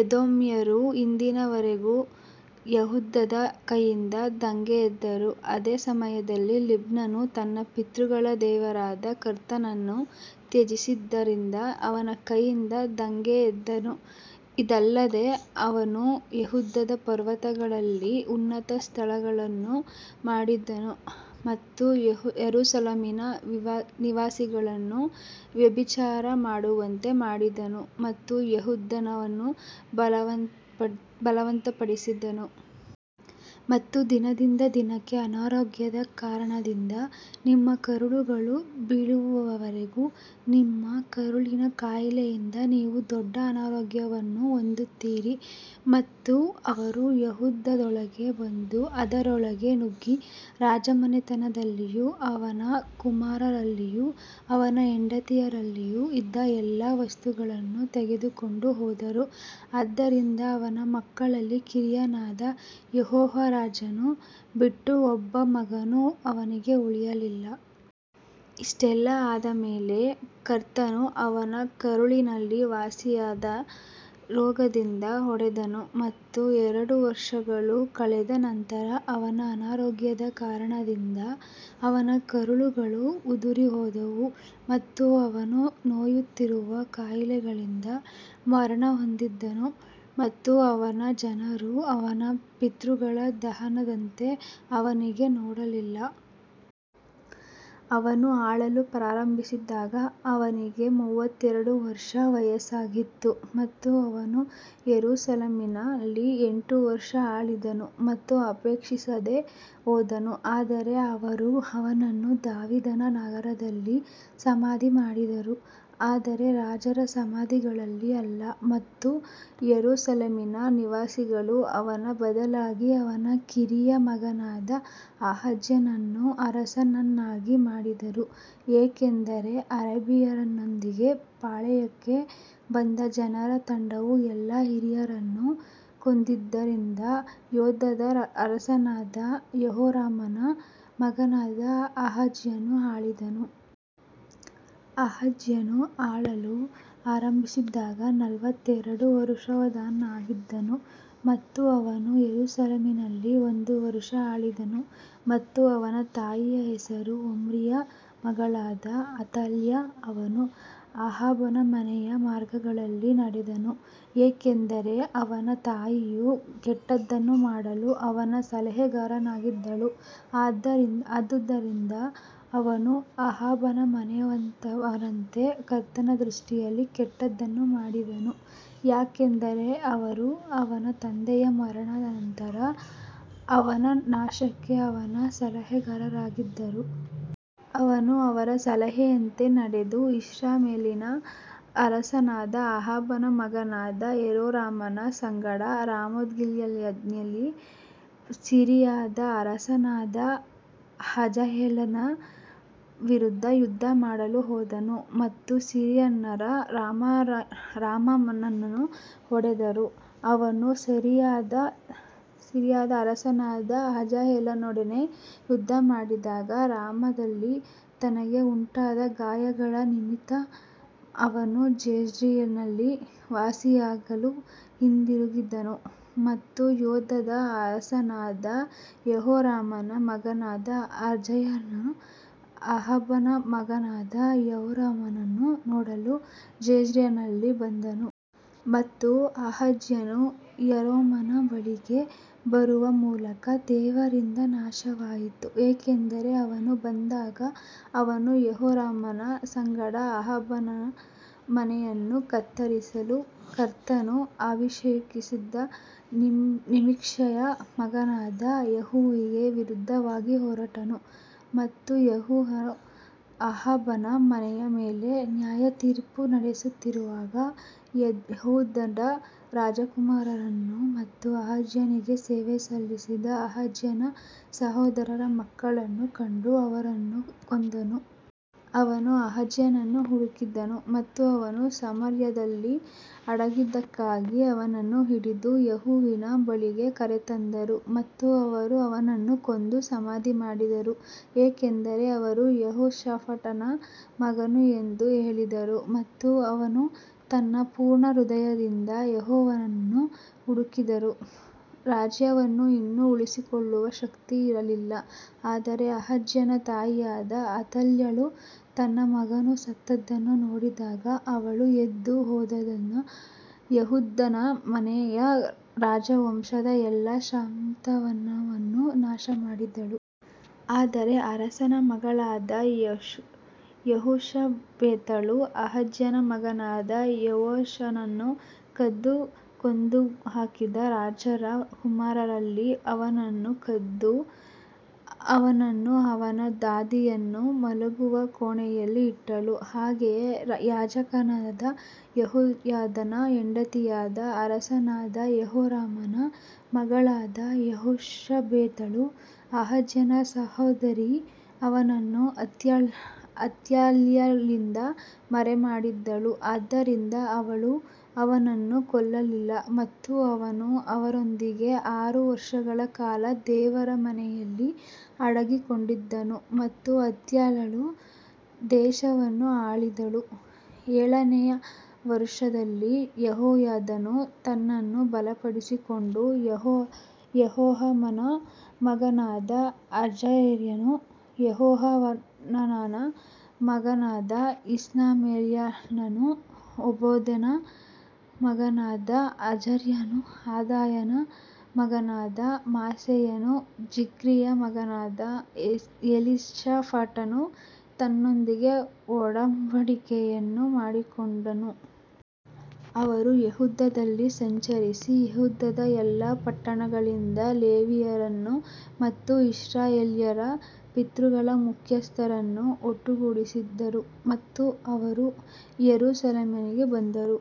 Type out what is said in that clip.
ಎದೋಮ್ಯರು ಇಂದಿನ ವರೆಗೂ ಯೆಹೂದದ ಕೈಯಿಂದ ದಂಗೆಯೆದ್ದರು, ಅದೇ ಸಮಯದಲ್ಲಿ ಲಿಬ್ನನು ತನ್ನ ಪಿತೃಗಳ ದೇವರಾದ ಕರ್ತನನ್ನು ತ್ಯಜಿಸಿದ್ದರಿಂದ ಅವನ ಕೈಯಿಂದ ದಂಗೆ ಎದ್ದನು. ಇದಲ್ಲದೆ ಅವನು ಯೆಹೂದದ ಪರ್ವತಗಳಲ್ಲಿ ಉನ್ನತ ಸ್ಥಳಗಳನ್ನು ಮಾಡಿದನು ಮತ್ತು ಯೆರೂಸಲೇಮಿನ ನಿವಾಸಿಗಳನ್ನು ವ್ಯಭಿಚಾರ ಮಾಡುವಂತೆ ಮಾಡಿದನು ಮತ್ತು ಯೆಹೂದವನ್ನು ಬಲವಂತಪಡಿಸಿದನು. ಮತ್ತು ದಿನದಿಂದ ದಿನಕ್ಕೆ ಅನಾರೋಗ್ಯದ ಕಾರಣದಿಂದ ನಿಮ್ಮ ಕರುಳುಗಳು ಬೀಳುವವರೆಗೂ ನಿಮ್ಮ ಕರುಳಿನ ಕಾಯಿಲೆಯಿಂದ ನೀವು ದೊಡ್ಡ ಅನಾರೋಗ್ಯವನ್ನು ಹೊಂದಿರುತ್ತೀರಿ ಮತ್ತು ಅವರು ಯೆಹೂದದೊಳಗೆ ಬಂದು ಅದರೊಳಗೆ ನುಗ್ಗಿ ರಾಜಮನೆತನದಲ್ಲಿಯೂ ಅವನ ಕುಮಾರರಲ್ಲಿಯೂ ಅವನ ಹೆಂಡತಿಯರಲ್ಲಿಯೂ ಇದ್ದ ಎಲ್ಲಾ ವಸ್ತುಗಳನ್ನು ತೆಗೆದುಕೊಂಡು ಹೋದರು, ಆದ್ದರಿಂದ ಅವನ ಮಕ್ಕಳಲ್ಲಿ ಕಿರಿಯನಾದ ಯೆಹೋವಾಹಾಜನ್ನು ಬಿಟ್ಟು ಒಬ್ಬ ಮಗನು ಅವನಿಗೆ ಉಳಿಯಲಿಲ್ಲ. ಇಷ್ಟೆಲ್ಲಾ ಆದ ಮೇಲೆ ಕರ್ತನು ಅವನ ಕರುಳಿನಲ್ಲಿ ವಾಸಿಯಾಗದ ರೋಗದಿಂದ ಹೊಡೆದನು ಮತ್ತು ಎರಡು ವರ್ಷಗಳು ಕಳೆದ ನಂತರ ಅವನ ಅನಾರೋಗ್ಯದ ಕಾರಣದಿಂದ ಅವನ ಕರುಳುಗಳು ಉದುರಿಹೋದವು ಮತ್ತು ಅವನು ನೋಯುತ್ತಿರುವ ಕಾಯಿಲೆಗಳಿಂದ ಮರಣಹೊಂದಿದನು ಮತ್ತು ಅವನ ಜನರು ಅವನ ಪಿತೃಗಳ ದಹನದಂತೆ ಅವನಿಗೆ ಸುಡಲಿಲ್ಲ. ಅವನು ಆಳಲು ಪ್ರಾರಂಭಿಸಿದಾಗ ಅವನಿಗೆ ಮೂವತ್ತೆರಡು ವರ್ಷ ವಯಸ್ಸಾಗಿತ್ತು ಮತ್ತು ಅವನು ಯೆರೂಸಲೇಮಿನಲ್ಲಿ ಎಂಟು ವರ್ಷ ಆಳಿದನು ಮತ್ತು ಅಪೇಕ್ಷಿಸದೆ ಹೋದನು ಆದರೆ ಅವರು ಅವನನ್ನು ದಾವೀದನ ನಗರದಲ್ಲಿ ಸಮಾಧಿ ಮಾಡಿದರು ಆದರೆ ರಾಜರ ಸಮಾಧಿಗಳಲ್ಲಿ ಅಲ್ಲ. ಮತ್ತು ಯೆರೂಸಲೇಮಿನ ನಿವಾಸಿಗಳು ಅವನ ಬದಲಾಗಿ ಅವನ ಕಿರಿಯ ಮಗನಾದ ಅಹಜ್ಯನನ್ನು ಅರಸನನ್ನಾಗಿ ಮಾಡಿದರು, ಏಕೆಂದರೆ ಅರೇಬಿಯನ್ನರೊಂದಿಗೆ ಪಾಳೆಯಕ್ಕೆ ಬಂದ ಜನರ ತಂಡವು ಎಲ್ಲಾ ಹಿರಿಯರನ್ನು ಕೊಂದಿದ್ದರಿಂದ ಯೆಹೂದದ ಅರಸನಾದ ಯೆಹೋರಾಮನ ಮಗನಾದ ಅಹಜ್ಯನು ಆಳಿದನು. ಅಹಜ್ಯನು ಆಳಲು ಆರಂಭಿಸಿದಾಗ ನಲವತ್ತೆರಡು ವರುಷದವನಾಗಿದ್ದನು ಮತ್ತು ಅವನು ಯೆರೂಸಲೇಮಿನಲ್ಲಿ ಒಂದು ವರುಷ ಆಳಿದನು ಮತ್ತು ಅವನ ತಾಯಿಯ ಹೆಸರು ಒಮ್ರಿಯ ಮಗಳಾದ ಅತಾಲ್ಯ. ಅವನು ಅಹಾಬನ ಮನೆಯ ಮಾರ್ಗಗಳಲ್ಲಿ ನಡೆದನು, ಏಕೆಂದರೆ ಅವನ ತಾಯಿಯು ಕೆಟ್ಟದ್ದನ್ನು ಮಾಡಲು ಅವನ ಸಲಹೆಗಾರನಾಗಿದ್ದಳು. ಆದದರಿಂದ ಅವನು ಅಹಾಬನ ಮನೆಯವರಂತೆ ಕರ್ತನ ದೃಷ್ಟಿಯಲ್ಲಿ ಕೆಟ್ಟದ್ದನ್ನು ಮಾಡಿದನು, ಯಾಕಂದರೆ ಅವರು ಅವನ ತಂದೆಯ ಮರಣದ ನಂತರ ಅವನ ನಾಶಕ್ಕೆ ಅವನ ಸಲಹೆಗಾರರಾಗಿದ್ದರು. ಅವನು ಅವರ ಸಲಹೆಯಂತೆ ನಡೆದು ಇಸ್ರಾಯೇಲಿನ ಅರಸನಾದ ಅಹಾಬನ ಮಗನಾದ ಯೆಹೋರಾಮನ ಸಂಗಡ ರಾಮೋತ್ಗಿಲ್ಯಾದ್ನಲ್ಲಿ ಸಿರಿಯಾದ ಅರಸನಾದ ಹಜಾಯೇಲನ ವಿರುದ್ಧ ಯುದ್ಧಮಾಡಲು ಹೋದನು ಮತ್ತು ಸಿರಿಯನ್ನರು ಯೋರಾಮನನ್ನು ಹೊಡೆದರು. ಅವನು ಸಿರಿಯಾದ ಅರಸನಾದ ಹಜಾಯೇಲನೊಡನೆ ಯುದ್ಧಮಾಡಿದಾಗ ರಾಮಾದಲ್ಲಿ ತನಗೆ ಉಂಟಾದ ಗಾಯಗಳ ನಿಮಿತ್ತ ಅವನು ಜೆಜ್ರೇಲಿನಲ್ಲಿ ವಾಸಿಯಾಗಲು ಹಿಂದಿರುಗಿದನು ಮತ್ತು ಯೆಹೂದದ ಅರಸನಾದ ಯೆಹೋರಾಮನ ಮಗನಾದ ಅಜರ್ಯನು ಅಹಾಬನ ಮಗನಾದ ಯೆಹೋರಾಮನನ್ನು ನೋಡಲು ಜೆಜ್ರೇಲಿನಲ್ಲಿ ಬಂದನು. ಮತ್ತು ಅಹಜ್ಯನು ಯೋರಾಮನ ಬಳಿಗೆ ಬರುವ ಮೂಲಕ ದೇವರಿಂದ ನಾಶವಾಯಿತು, ಏಕೆಂದರೆ ಅವನು ಬಂದಾಗ ಅವನು ಯೆಹೋರಾಮನ ಸಂಗಡ ಅಹಾಬನ ಮನೆಯನ್ನು ಕತ್ತರಿಸಲು ಕರ್ತನು ಅಭಿಷೇಕಿಸಿದ ನಿಮ್ಷಿಯ ಮಗನಾದ ಯೇಹುವಿಗೆ ವಿರುದ್ಧವಾಗಿ ಹೊರಟನು. ಮತ್ತು ಯೇಹುವು ಅಹಾಬನ ಮನೆಯ ಮೇಲೆ ನ್ಯಾಯತೀರ್ಪು ನಡೆಸುತ್ತಿರುವಾಗ ಯೆಹೂದದ ರಾಜಕುಮಾರರನ್ನು ಮತ್ತು ಅಹಜ್ಯನಿಗೆ ಸೇವೆ ಸಲ್ಲಿಸಿದ ಅಹಜ್ಯನ ಸಹೋದರರ ಮಕ್ಕಳನ್ನು ಕಂಡು ಅವರನ್ನು ಕೊಂದನು. ಅವನು ಅಹಜ್ಯನನ್ನು ಹುಡುಕಿದನು ಮತ್ತು ಅವನು ಸಮಾರ್ಯದಲ್ಲಿ ಅಡಗಿದ್ದಕ್ಕಾಗಿ ಅವನನ್ನು ಹಿಡಿದು ಯೇಹುವಿನ ಬಳಿಗೆ ಕರೆತಂದರು ಮತ್ತು ಅವರು ಅವನನ್ನು ಕೊಂದು ಸಮಾಧಿ ಮಾಡಿದರು ಏಕೆಂದರೆ ಅವರು ಯೆಹೋಷಾಫಾಟನ ಮಗನು ಎಂದು ಹೇಳಿದರು ಮತ್ತು ಅವನು ತನ್ನ ಪೂರ್ಣ ಹೃದಯದಿಂದ ಯೆಹೋವನನ್ನು ಹುಡುಕಿದನು. ರಾಜ್ಯವನ್ನು ಇನ್ನೂ ಉಳಿಸಿಕೊಳ್ಳುವ ಶಕ್ತಿ ಇರಲಿಲ್ಲ ಆದರೆ ಅಹಜ್ಯನ ತಾಯಿಯಾದ ಅತಲ್ಯಳು ತನ್ನ ಮಗನು ಸತ್ತದ್ದನ್ನು ನೋಡಿದಾಗ ಅವಳು ಎದ್ದು ಯೆಹೂದನ ಮನೆಯ ರಾಜವಂಶದ ಎಲ್ಲಾ ಸಂತಾನವನ್ನು ನಾಶಮಾಡಿದಳು. ಆದರೆ ಅರಸನ ಮಗಳಾದ ಯೆಹೋಷಬೇತಳು ಅಹಜ್ಯನ ಮಗನಾದ ಯೋವಾಷನನ್ನು ಕದ್ದು ಕೊಂದುಹಾಕಿದ ರಾಜರ ಕುಮಾರರಲ್ಲಿ ಅವನನ್ನು ಕದ್ದು ಅವನನ್ನೂ ಅವನ ದಾದಿಯನ್ನೂ ಮಲಗುವ ಕೋಣೆಯಲ್ಲಿ ಇಟ್ಟಳು, ಹಾಗೆಯೇ ಯಾಜಕನಾದ ಯೆಹೋಯಾದನ ಹೆಂಡತಿಯಾದ ಅರಸನಾದ ಯೆಹೋರಾಮನ ಮಗಳಾದ ಯೆಹೋಷಬೇತಳು ಅಹಜ್ಯನ ಸಹೋದರಿ ಅವನನ್ನು ಅಥಾಲ್ಯಳಿಂದ ಮರೆಮಾಡಿದಳು, ಆದ್ದರಿಂದ ಅವಳು ಅವನನ್ನು ಕೊಲ್ಲಲಿಲ್ಲ ಮತ್ತು ಅವನು ಅವರೊಂದಿಗೆ ಆರು ವರ್ಷಗಳ ಕಾಲ ದೇವರ ಮನೆಯಲ್ಲಿ ಅಡಗಿಕೊಂಡಿದ್ದನು ಮತ್ತು ಅಥಾಲ್ಯಳು ದೇಶವನ್ನು ಆಳಿದಳು ಏಳನೆಯ ವರುಷದಲ್ಲಿ ಯೆಹೋಯಾದನು ತನ್ನನ್ನು ಬಲಪಡಿಸಿಕೊಂಡು ಯೆರೋಹಾಮನ ಮಗನಾದ ಅಜರ್ಯನೂ ಯೆಹೋಹಾನಾನನ ಮಗನಾದ ಇಷ್ಮಾಯೇಲನೂ ಓಬೇದನ ಮಗನಾದ ಅಜರ್ಯನೂ ಆದಾಯನ ಮಗನಾದ ಮಾಸೇಯನೂ ಜಿಕ್ರಿಯ ಮಗನಾದ ಎಲೀಷಾಫಾಟನೂ ತನ್ನೊಂದಿಗೆ ಒಡಂಬಡಿಕೆಯನ್ನು ಮಾಡಿಕೊಂಡನು. ಅವರು ಯೆಹೂದದಲ್ಲಿ ಸಂಚರಿಸಿ ಯೆಹೂದದ ಎಲ್ಲಾ ಪಟ್ಟಣಗಳಿಂದ ಲೇವಿಯರನ್ನು ಮತ್ತು ಇಸ್ರಾಯೇಲ್ಯರ ಪಿತೃಗಳ ಮುಖ್ಯಸ್ಥರನ್ನು ಒಟ್ಟುಗೂಡಿಸಿದರು ಮತ್ತು ಅವರು ಯೆರೂಸಲೇಮಿಗೆ ಬಂದರು.